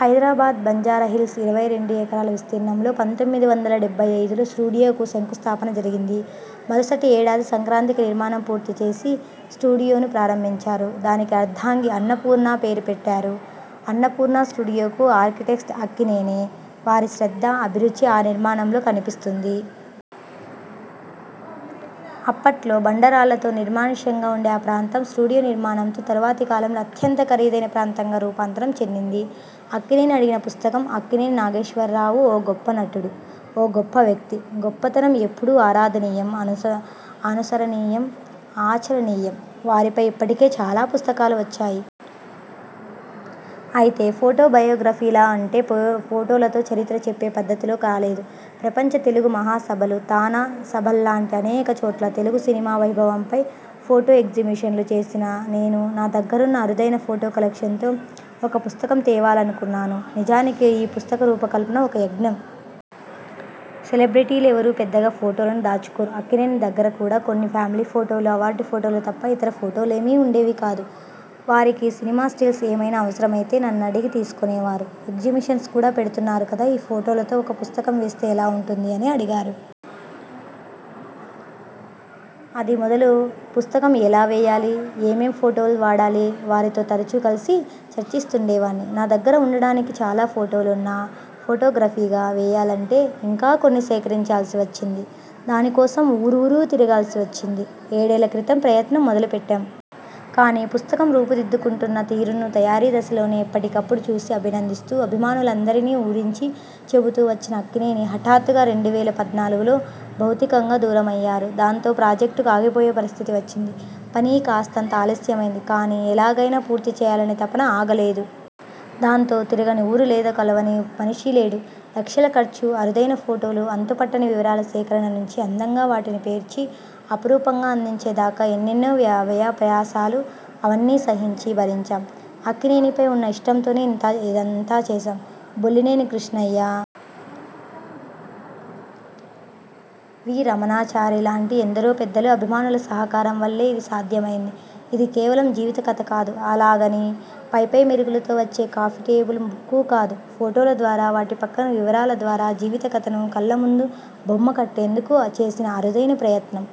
Hyderabad Banjara Hills ఇరవై రెండు ఎకరాల విస్తీర్ణంలో పంతొమ్మిది వందల డెబ్బై ఐదులో స్టూడియోకు శంకుస్థాపన జరిగింది. మరుసటి ఏడాది సంక్రాంతికి నిర్మాణం పూర్తి చేసి, స్టూడియోను ప్రారంభించారు. దానికి అర్ధాంగి అన్నపూర్ణ పేరు పెట్టారు. అన్నపూర్ణా స్టూడియోకు ఆర్కిటెక్ట్ అక్కినేనే. వారి శ్రద్ధ, అభిరుచి ఆ నిర్మాణంలో కనిపిస్తుంది. అప్పట్లో బండ రాళ్ళతో, నిర్మానుష్యంగా ఉండే ఆ ప్రాంతం స్టూడియో నిర్మాణంతో, తరువాతి కాలంలో అత్యంత ఖరీదైన ప్రాంతంగా రూపాంతరం చెందింది. అక్కినేని అడిగిన పుస్తకం ''అక్కినేని నాగేశ్వరరావు! ఓ గొప్ప నటుడు. ఓ గొప్ప వ్యక్తి. గొప్పతనం ఎప్పుడూ ఆరాధనీయం అనుసరణీయం ఆచరణీయం! వారిపై ఇప్పటికే చాలా పుస్తకాలు వచ్చాయి. అయితే, ఫోటో బయోగ్రఫీలా అంటే, ఫోటోలతో చరిత్ర చెప్పే పద్ధతిలో రాలేదు. ప్రపంచ తెలుగు మహాసభలు, తానా సభల్లాంటి అనేక చోట్ల తెలుగు సినిమా వైభవంపై ఫోటో ఎగ్జిబిషన్లు చేసిన నేను నా దగ్గరున్న అరుదైన ఫోటో కలెక్షన్స్తో ఒక పుస్తకం తేవాలనుకున్నాను. నిజానికి, ఈ పుస్తక రూపకల్పన ఒక యజ్ఞం. సెలబ్రిటీలెవరూ పెద్దగా ఫోటోలను దాచుకోరు. అక్కినేని దగ్గర కూడా కొన్ని ఫ్యామిలీ ఫోటోలు, అవార్డు ఫోటోలు తప్ప ఇతర ఫోటోలేమీ ఉండేవి కావు. వారికి సినిమా స్టిల్స్ ఏమైనా అవసరమైతే నన్నడిగి తీసుకొనేవారు. ఎగ్జిబిషన్స్ కూడా పెడుతున్నారు కదా. ఈ ఫోటోలతో ఒక పుస్తకం వేస్తే ఎలా ఉంటుంది' అని అడిగారు. అది మొదలు పుస్తకం ఎలా వేయాలి, ఏమేం ఫోటోలు వాడాలి వారితో తరచూ కలసి చర్చిస్తుండేవాణ్ణి. నా దగ్గర ఉండడానికి చాలా ఫోటోలున్నా, ఫోటో బయోగ్రఫీగా వేయాలంటే ఇంకా ఎన్నో సేకరించాల్సి వచ్చింది. దాని కోసం ఊరూరూ తిరగాల్సి వచ్చింది. ఏడేళ్ళ క్రితం ప్రయత్నం మొదలుపెట్టాం. కానీ, పుస్తకం రూపుదిద్దుకుంటున్న తీరును తయారీ దశలోనే ఎప్పటికప్పుడు చూసి, అభినందిస్తూ, అభిమానులందరినీ ఊరించి చెబుతూ వచ్చిన అక్కినేని హఠాత్తుగా రెండు వేల పద్నాలుగులో భౌతికంగా దూరమయ్యారు. దాంతో ప్రాజెక్టు ఆగిపోయే పరిస్థితి వచ్చింది. పనీ కాస్తంత ఆలస్యమైంది. కానీ, ఎలాగైనా పూర్తి చేయాలనే తపన ఆగలేదు. దాంతో, తిరగని ఊరు లేదుకలవని మనిషి లేడు. లక్షల ఖర్చుఅరుదైన ఫోటోలు, అంతు పట్టని వివరాల సేకరణ నుంచి, అందంగా వాటిని పేర్చి, అపురూపంగా అందించే దాకా ఎన్నెన్నో వ్యయ ప్రయాసలు. అవన్నీ సహించి, భరించాం. అక్కినేనిపై ఉన్న ఇష్టంతోనే ఇంతా చేశాం. బొల్లినేని కృష్ణయ్య, కె. వి. రమణా చారి లాంటి ఎందరో పెద్దలు, అభిమానుల సహకారం వల్లే ఇది సాధ్యమైంది. ఇది కేవలం జీవిత కథ కాదు అలాగని పై పై మెరుగులతో వచ్చే కాఫీటేబుల్ బుక్కూ కాదు. ఫోటోల ద్వారా, వాటి పక్కన వివరాల ద్వారా జీవిత కథను కళ్ళ ముందు బొమ్మ కట్టేందుకు చేసిన అరుదైన యత్నం.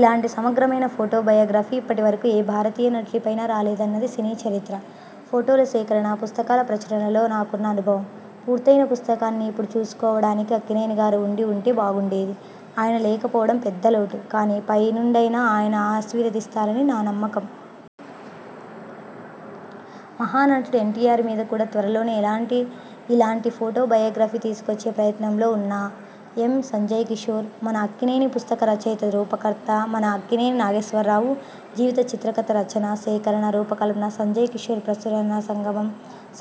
ఇలాంటి సమగ్రమైన ఫోటో బయోగ్రఫీ ఇప్పటి వరకు ఏ భారతీయ నటుడి పైనా రాలేదన్నది సినీ చరిత్ర, ఫోటోల సేకరణ, పుస్తకాల ప్రచురణలో నాకున్న అనుభవం. పూర్తయిన పుస్తకాన్ని ఇప్పుడు చూసుకోవడానికి అక్కినేని గారు ఉండి ఉంటే బాగుండేది. ఆయన లేకపోవడం పెద్ద లోటు. కానీ, పై నుండైనా ఆయన ఆశీర్వదిస్తారని మా నమ్మకం. మహానటుడు ఎన్టీయార్ మీద కూడా త్వరలోనే ఇలాంటి ఫోటో బయోగ్రఫీ తీసుకొచ్చే ప్రయత్నంలో ఉన్నా ఎం. సంజయ్ కిషోర్, 'మన అక్కినేని' పుస్తక రచయిత, రూపకర్త, మన అక్కినేని నాగేశ్వరరావు జీవిత చిత్రకథ రచన, సేకరణ, రూప కల్పన సంజయ్ కిషోర్ ప్రచురణ సంగమం,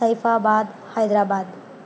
సైఫాబాద్, హైదరాబాద్.